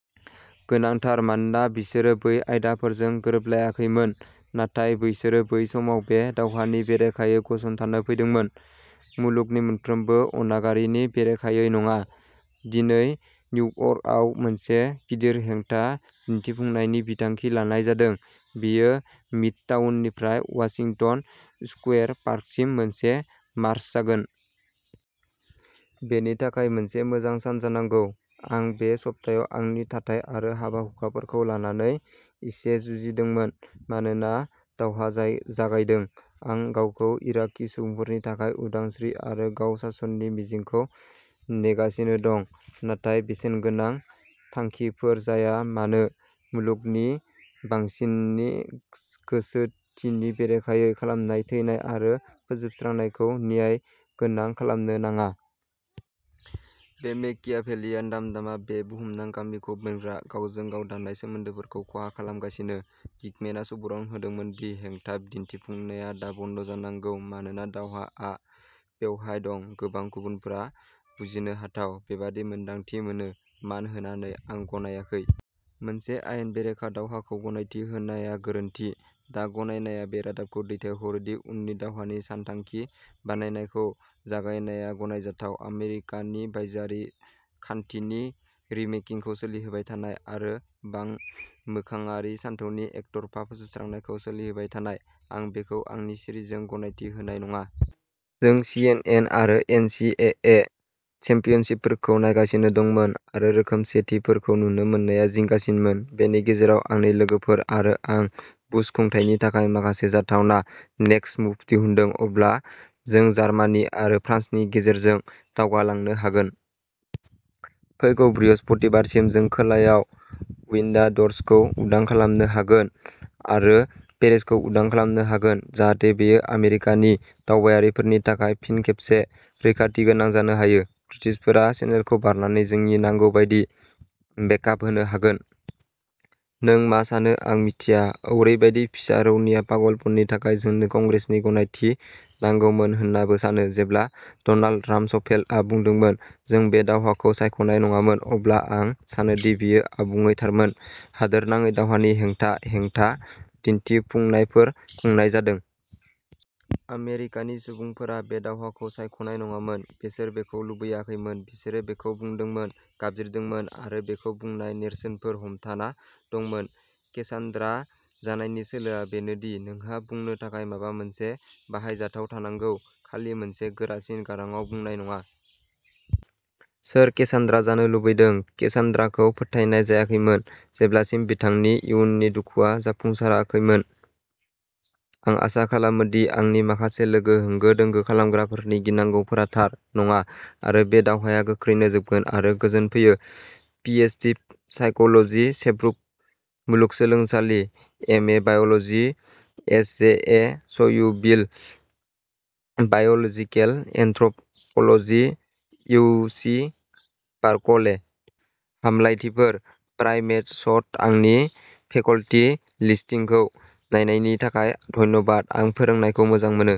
गोनांथार मानोना बिसोरो बै आयदाफोरजों गोरोबलायाखैमोन, नाथाय बिसोरो बै सानाव बे दावहानि बेरेखायै गसंथानो फैदोंमोन, मुलुगनि मोनफ्रोमबो अनागारिनि बेरेखायै नङा। दिनै निउयर्कआव मोनसे गिदिर हेंथा दिन्थिफुंनायनि बिथांखि लानाय जादों। बेयो मिडटाउननिफ्राय वाशिंटन स्कुवेर पार्कसिम मोनसे मार्च जागोन। बेनि थाखाय मोनसे मोजां सान जानांगौ। आं बे सप्तायाव आंनि थाथाय आरो हाबा-हुखाफोरखौ लानानै एसे जुजिदोंमोन मानोना दावहा जागायदों। आं गावखौ इराकी सुबुंफोरनि थाखाय उदांस्रि आरो गाव-सासननि मिजिंखौ नेगासिनो दं। नाथाय बेसेनगोनां थांखिफोर जाया मानो, मुलुगनि बांसिननि गोसोथिनि बेरेखायै खालामनाय थैनाय आरो फोजोबस्रांनायखौ न्यायगोनां खालामनो नाङा। बे मेकियाभेलियान दाम-दामआ बे बुहुमनां गामिखौ बोनग्रा गावजों-गाव दानाय सोमोन्दोफोरखौ खहा खालामगासिनो। गीकमेनआ सुबुरुन होदोंमोन दि हेंथा दिन्थिफुंनाया दा बन्द जानांगौ मानोना दावहाआ बेवहाय दं। गोबां गुबुनफोरा बुजिनो हाथाव। बेबादि मोन्दांथि मोनो। मान होनानै, आं गनायाखै। मोनसे आयेन बेरेखा दावहाखौ गनायथि होनाया गोरोन्थि। दा गनायनाया बे रादाबखौ दैथायहरो दि उननि दावहानि सानथांखि बानायनायखौ जागायनाया गनायजाथाव, आमेरिकानि बायजोआरि खान्थिनि रिमेकिंखौ सोलिहोबाय थानाय, आरो बांमोखाङारि सानथौनि एकतरफा फोजोबस्रांनायखौ सोलिहोबाय थानाय। आं बेखौ आंनि सिरिजों गनायथि होनाय नङा। जों सिएनएन आरो एनसिएए चेम्पियनशिपफोरखौ नायगासिनो दंमोन आरो रोखोमसेथिफोरखौ नुनो मोननाया जिंगासिनमोन। बेनि गेजेराव आंनि लोगोफोर आरो आं बुश खुंथायनि थाखाय माखासे जाथावना नेक्सट मुभ्स दिहुनदों। अब्ला जों जार्मानि आरो फ्रान्सनि गेजेरजों दावगालांनो हागोन। फैगौ बृहस्पतिबारसिम जों खोलायाव विनयार्ड्सखौ उदां खालामनो हागोन आरो पेरिसखौ उदां खालामनो हागोन जाहाथे बेयो आमेरिकानि दावबायारिफोरनि थाखाय फिन खेबसे रैखाथि गोनां जानो हायो। ब्रिटिशफोरा चेनेलखौ बारनानै जोंनो नांगौ बायदि बेक-आप होनो हागोन। नों मा सानो? आं मिथिया। ओरैबायदि फिसा रौनिया पागलपननि थाखाय जोंनो कंग्रेसनि गनायथि नांगौमोन होन्नाबो सानो। जेब्ला डनाल्ड रामसफेल्डआ बुंदोंमोन, जों बे दावहाखौ सायख'नाय नङामोन, अब्ला आं सानोदि बियो आबुङै थारमोन। हादोरनाङै दावहानि हेंथा हेंथा दिन्थिफुंनायफोर खुंनाय जादों। आमेरिकानि सुबुंफोरा बे दावहाखौ सायख'नाय नङामोन। बिसोर बेखौ लुबैयाखैमोन बिसोरो बेखौ बुंदोंमोन, गाबज्रिदोंमोन, आरो बेखौ बुंनाय नेरसोनफोर हमथाना दंमोन। केसान्द्रा जानायनि सोलोआ बेनो दि नोंहा बुंनो थाखाय माबा मोनसे बाहायजाथाव थानांगौ, खालि मोनसे गोरासिन गारांआव बुंनाय नङा। सोर केसान्द्रा जानो लुबैदों? केसान्द्राखौ फोथायनाय जायाखैमोन जेब्लासिम बिथांनि इयुननि दुखुआ जाफुंसाराखैमोन। आं आसा खालामो दि आंनि माखासे लोगो होंगो-दोंगो खालामग्राफोरनि गिनांगौफोरा थार नङा, आरो बे दावहाया गोख्रैनो जोबगोन आरो गोजोन फैयो। पिएइचडि साइकोल'जि, सेब्रुक मुलुगसोलोंसालि MA biology, SJSU; BA biological anthropology, UC Berkeley. हामलायथिफोर, प्राइमेसट आंनि फेकल्टी लिस्टिंखौ नायनायनि थाखाय धन्यबाद। आं फोरोंनायखौ मोजां मोनो।